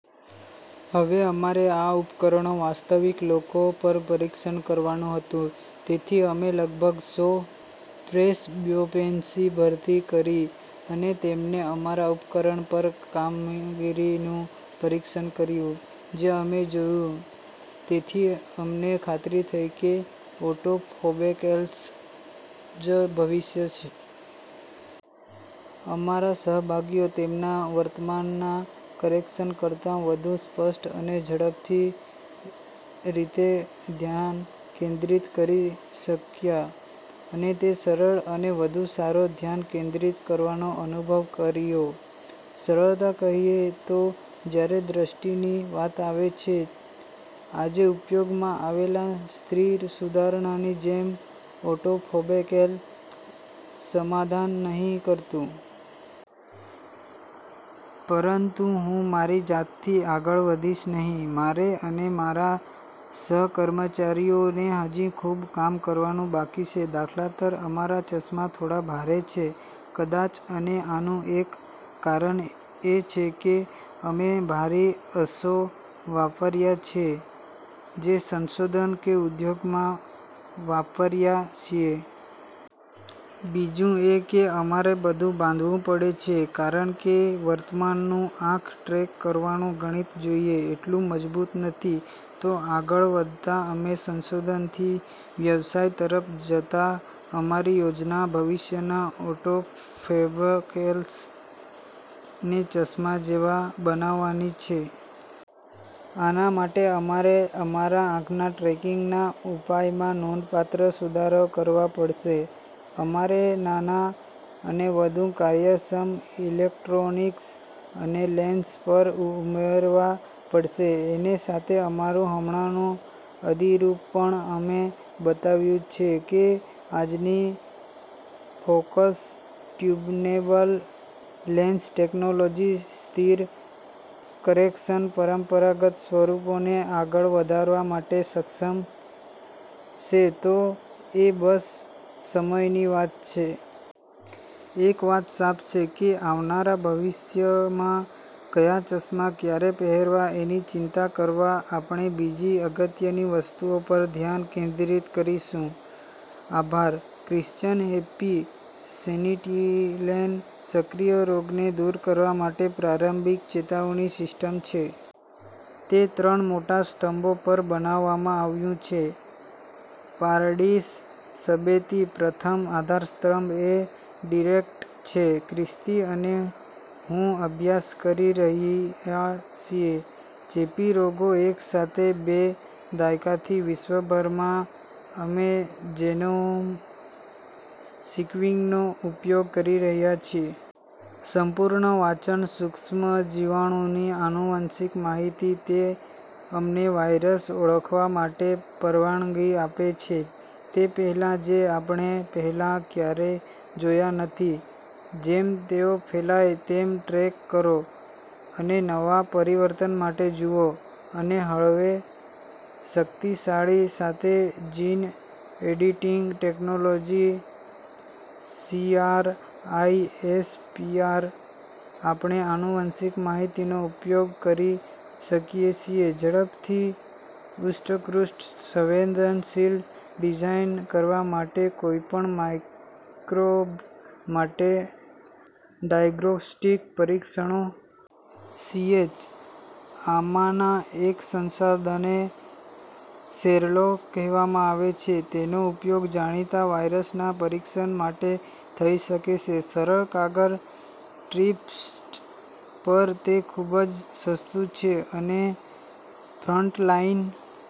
હવે અમારે આ ઉપકરણો વાસ્તવિક લોકો પર પરીક્ષણ કરવાનું હતું. તેથી અમે લગભગ સો પ્રેસબ્યોપેસની ભરતી કરી અને તેમને અમારા ઉપકરણ પર કામગીરી નું પરીક્ષણ કર્યું. જે અમે જોયું તેથી અમને ખાતરી થઇ કે ઑટોફોકેલ્સ જ ભવિષ્ય. અમારા સહભાગીઓ તેમને વર્તમાન ના કરેકશન કરતા વધુ સ્પષ્ટ અને ઝડપથી રીતે ધ્યાન કેન્દ્રિત કરી શકયા. અને તે સરળ અને વધુ સારો ધ્યાન કેન્દ્રિત કરવાનો અનુભવ કરીયો. સરળતા કહીએ તો, જ્યારે દ્રષ્ટિની વાત આવે છે, આજે ઉપયોગમાં આવેલા સ્તીર સુધારણા ની જેમ ઑટોફોબેકેલ સમાધાન નહિ કરતુ. પરંતુ હું મારી જાતથી આગળ વધીશ નહિ. મારે અને મારા સહકર્મચારીઓ ને હાજી ખુબ કામ કરવાનું બાકી છે. દા. ત. અમારા ચશ્મા થોડા ભારે છે? કદાચ અને આનું એક કારણ એ છે કે અમે ભારી અશો વાપર્યા છે જે સંશોધન કે ઉદ્યોગમા વાપર્યા છીએ. બીજું એ કે અમારે બધું બાંધવું પડે છે કારણ કે વર્તમાન નું આંખ-ટ્રેક કરવાનું ગણિત જોઈએ એટલું મજબૂત નથી. તો આગળ વધતા, અમે સંશોધન થી વ્યવસાય તરફ જતા અમારી યોજના ભવિષ્ય ના ઑટોફેવકેલ્સ ને ચશ્મા જેવા બનાવાની છે. આના માટે, અમારે અમારા આંખના ટ્રેકિંગ ના ઉપાયમાં નોંધપાત્ર સુધારો કરવા પડશે. અમારે નાના અને વધુ કાર્યક્ષમ ઇલેક્ટ્રોનિક્સ અને લેન્સ પર ઉમેરવા પડશે એને સાથે, અમારું હમણાનું અદિરુપ પણ, અમે બતાવ્યું છે કે આજની ફોકસ-ટ્યુબનેવલ લેન્સ ટેકનોલોજી સ્થિર કરેક્શન પરંપરાગત સ્વરૂપોને આગળ વધારવા માટે સક્ષમ સે તો, એ બસ સમય ની વાત છે. એક વાત સાફ છે કે આવનારા ભવિશ્યમાં, કયા ચશ્માં ક્યારે પહેરવા એની ચિંતા કરવા આપણે બીજી અગત્ય ની વસ્તુઓ પર ધ્યાન કેન્દ્રિત કરીશું. આભાર ક્રિશ્ચન હેપ્પી: સેનિટિલેન સક્રિય રોગને દૂર કરવા માટે પ્રારંભિક ચેતવણી સિસ્ટમ છે. તે ત્રણ મોટા સ્તંભો પર બનાવવામાં આવ્યું છે. પારડીસ સબેતી: પ્રથમ આધારસ્તંભ એ ડિરેક્ટ છે. ખ્રિસ્તી અને હું અભ્યાસ કરી રહીયા સીએ. ચેપી રોગો એક સાથે બે દાયકાથી વિશ્વભરમાં. અમે જેનોમ સિક્વિંગનો ઉપયોગ કરી રહ્યા છીએ. સંપૂર્ણ વાંચન સૂક્ષ્મજીવાણુની આનુવંશિક માહિતી, તે અમને વાયરસ ઓળખવા માટે પરવાનગી આપે છે, તે પહેલાં જે આપણે પહેલાં ક્યારેય જોયા નથી, જેમ તેઓ ફેલાય તેમ ટ્રેક કરો અને નવા પરિવર્તન માટે જુઓ. અને હવે શક્તિશાળી સાથે જીન-એડિટિંગ ટેકનોલોજી સીઆરઆઈએસપીઆર, આપણે આનુવંશિક માહિતીનો ઉપયોગ કરી શકીએ છીએ ઝડપથી ઉષ્કૃષ્ટ સંવેદનશીલ ડિઝાઇન કરવા માટે કોઈપણ માઇક્રોબ માટે ડાયગ્ર્રોસ્ટિક પરીક્ષણો. સીએચ: આમાંના એક સંસાધને શેરલોક કહેવામાં આવે છે. તેનો ઉપયોગ જાણીતા વાયરસના પરીક્ષણ માટે થઈ શકે છે સરળ કાગળ ટ્રીપ્સ પર. તે ખૂબ સસ્તું છે, અને ફ્રન્ટલાઈન--